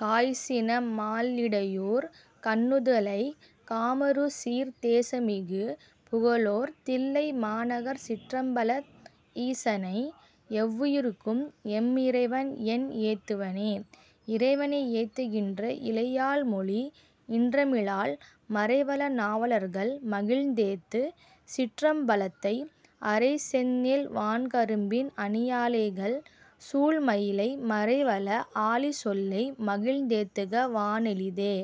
காய்சின மால்லிடையூர் கண்ணுதலைக் காமருசீர்த் தேசமிகு புகழோர் தில்லைமாநகர்ச் சிற்றம்பலத் ஈசனை எவ்வுயிர்க்கும் எம்மிறைவன்என் ஏத்துவனே. இறைவனை ஏத்துகின்ற இளையாள்மொழி இன்றமிழால் மறைவல நாவலர்கள் மகிழ்ந்தேத்து சிற்றம்பலத்தை அறைசெந்நெல் வான்கரும்பின் அணியாலைகள் சூழ்மயிலை மறைவல ஆலிசொல்லை மகிழ்ந்தேத்துக வானெளிதே.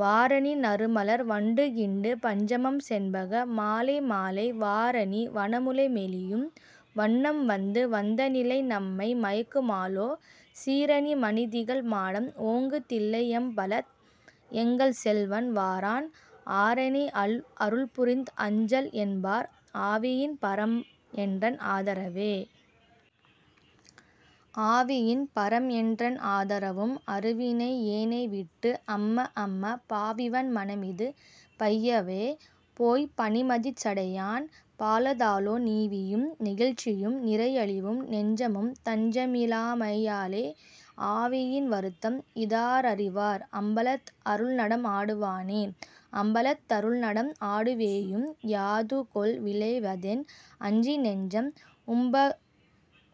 வாரணி நறுமலர் வண்டு கிண்டு பஞ்சமம் செண்பக மாலைமாலை வாரணி வனமுலை மெலியும் வண்ணம் வந்து வந்திலைநம்மை மயக்குமாலோ சீரணி மணிதிகழ் மாடம் ஓங்கு தில்லையம்பலத் எங்கள் செல்வன் வாரான் ஆரெனை அருள்புரிந் அஞ்சல் என்பார் ஆவியின் பரம்என்றன் ஆதரவே. ஆவியின் பரம்என்றன் ஆதரவும் அருவினை யேனைவிட்டு அம்மஅம்ம பாவிவன் மனமிது பையவே போய்ப் பனிமதிச் சடையான் பாலதாலோ நீவியும் நெகிழ்ச்சியும் நிறையழிவும் நெஞ்சமும் தஞ்சமி லாமையாலே ஆவியின் வருத்தம் இதாரறிவார் அம்பலத் அருள்நடம் ஆடுவானே. அம்பலத் தருள்நடம் ஆடவேயும் யாதுகொல் விளைவதென் அஞ்சிநெஞ்சம்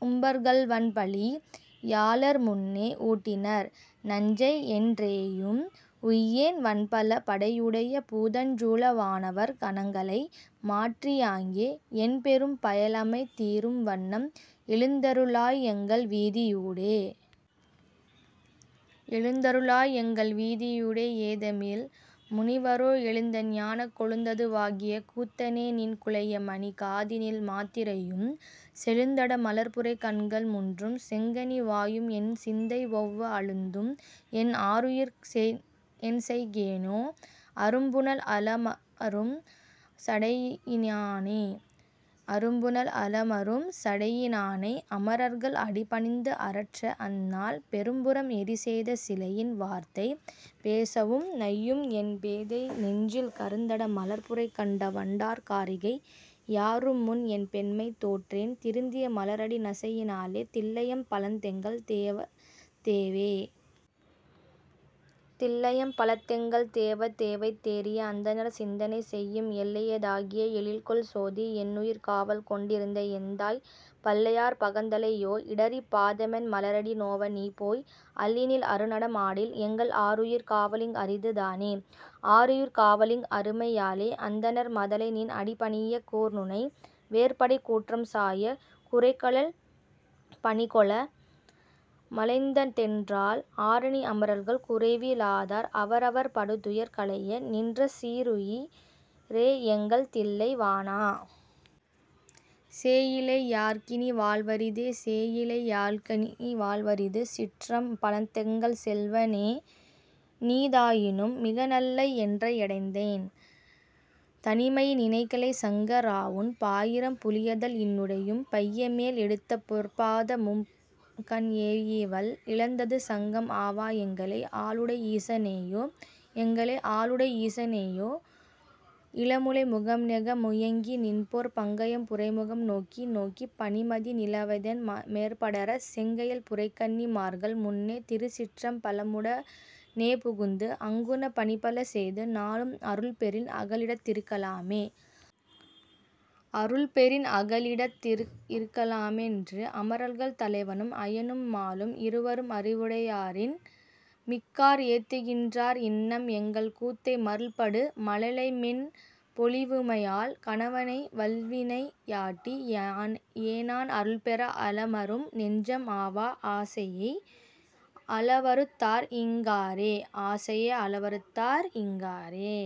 உம்பர்கள்வன்பழி யாளர்முன்னே ஊட்டினர் நஞ்சைஎன் றேயும் உய்யேன் வன்பல படையுடைய பூதஞ்சூழ வானவர் கணங்களை மாற்றியாங்கே என்பெரும் பயலமை தீரும்வண்ணம் எழுந்தரு ளாய்எங்கள் வீதியூடே! எழுந்தருளாய் எங்கள் வீதியூடே ஏதமில் முனிவரோ எழுந்தஞானக் கொழுந்தது வாகிய கூத்தனேநின் குழையணி காதினில் மாத்திரையும் செழுந்தட மலர்புரை கண்கள் முன்றும் செங்கனி வாயும்என் சிந்தைவெளவ அழுந்தும்என் ஆருயிர்க் என்செய் கேனோ? அரும்புனல் அலமரும் சடையினானே! அரும்புனல் அலமரும் சடையி னானை அமரர்கள் அடிபணிந்து அரற்ற அந்நாள் பெரும்புரம் எரிசெய்த சிலையின் வார்த்தை பேசவும் நையும் என் பேதை நெஞ்சில் கருந்தட மலர்புரை கண்ட வண்டார் காரிகை யார்முன்என் பெண்மை தோற்றேன் திருந்திய மலரடி நசையி னாலே தில்லையம் பலத்தெங்கள் தேவ தேவே. தில்லையம் பலத்தெங்கள் தேவ தேவைத் தேறிய அந்தணர் சிந்தை செய்யும் எல்லைய தாகிய எழில்கொள் சோதி என்னுயிர் காவல்கொண் டிருந்த எந்தாய் பல்லையார் பகந்தலை யோ இடறிப் பாதமென் மலரடி நோவ நீபோய் அல்லினில் அருநடம் ஆடில் எங்கள் ஆருயிர் காவலிங் அரிது தானே. ஆருயிர் காவலிங் அருமை யாலே அந்தணர் மதலைநின் அடிபணியக் கூர்நுனை வேற்படைக்கூற்றம் சாயக் குரைகழல் பணிகொள மலைந்த தென்றால் ஆரனி அமரர்கள் குறைவி லாதார் அவரவர் படுதுயர் களைய நின்ற சீருயி ரேஎங்கள் தில்லை வாணா! சேயிழை யார்க்கினி வாழ்வரிதே. சேயிழை யார்க்கினி வாழ்வரிது சிற்றம் பலத்தெங்கள் செல்வ னேநீ தாயினும் மிகநல்லை என்றடைந்தேன் தனிமையை நினைகிலை சங்க ராவுன் பாயிரம் புலியதள் இன்னுடையும் பையமேல் எடுத்தபொற் பாத மும்கண் ஏயிவல் இழந்தது சங்கம் ஆவா எங்களை ஆளுடை ஈச னேயோ. எங்களை ஆளுடை ஈசனையோ இளமுலை முகம்நெக முயங்கி நின்பொற் பங்கயம் புரைமுகம் நோக்கி நோக்கிப் பனிமதி நிலவதென் மேற்படரச் செங்கயல் புரைகண்ணி மார்கள் முன்னே திருச்சிற்றம் பலமுட னேபுகுந்து அங்குன பணிபல செய்து நாளும் அருள்பெறின் அகலிடத் திருக்கலாமே.. அருள்பெறின் அகலிடத் இருக்கலா மென்று அமரர்கள் தலைவனும் அயனும் மாலும் இருவரும் அறிவுடையாரின் மிக்கார் ஏத்துகின் றார் இன்னம் எங்கள்கூத்தை மருள்படு மழலைமென் மொழிவுமையாள் கணவனை வல்வினை யாட்டி யேனான் அருள்பெற அலமரும் நெஞ்சம் ஆவா ஆசையை அளவறுத் தார்இங் காரே? ஆசையை அளவறுத் தார்இங் காரே?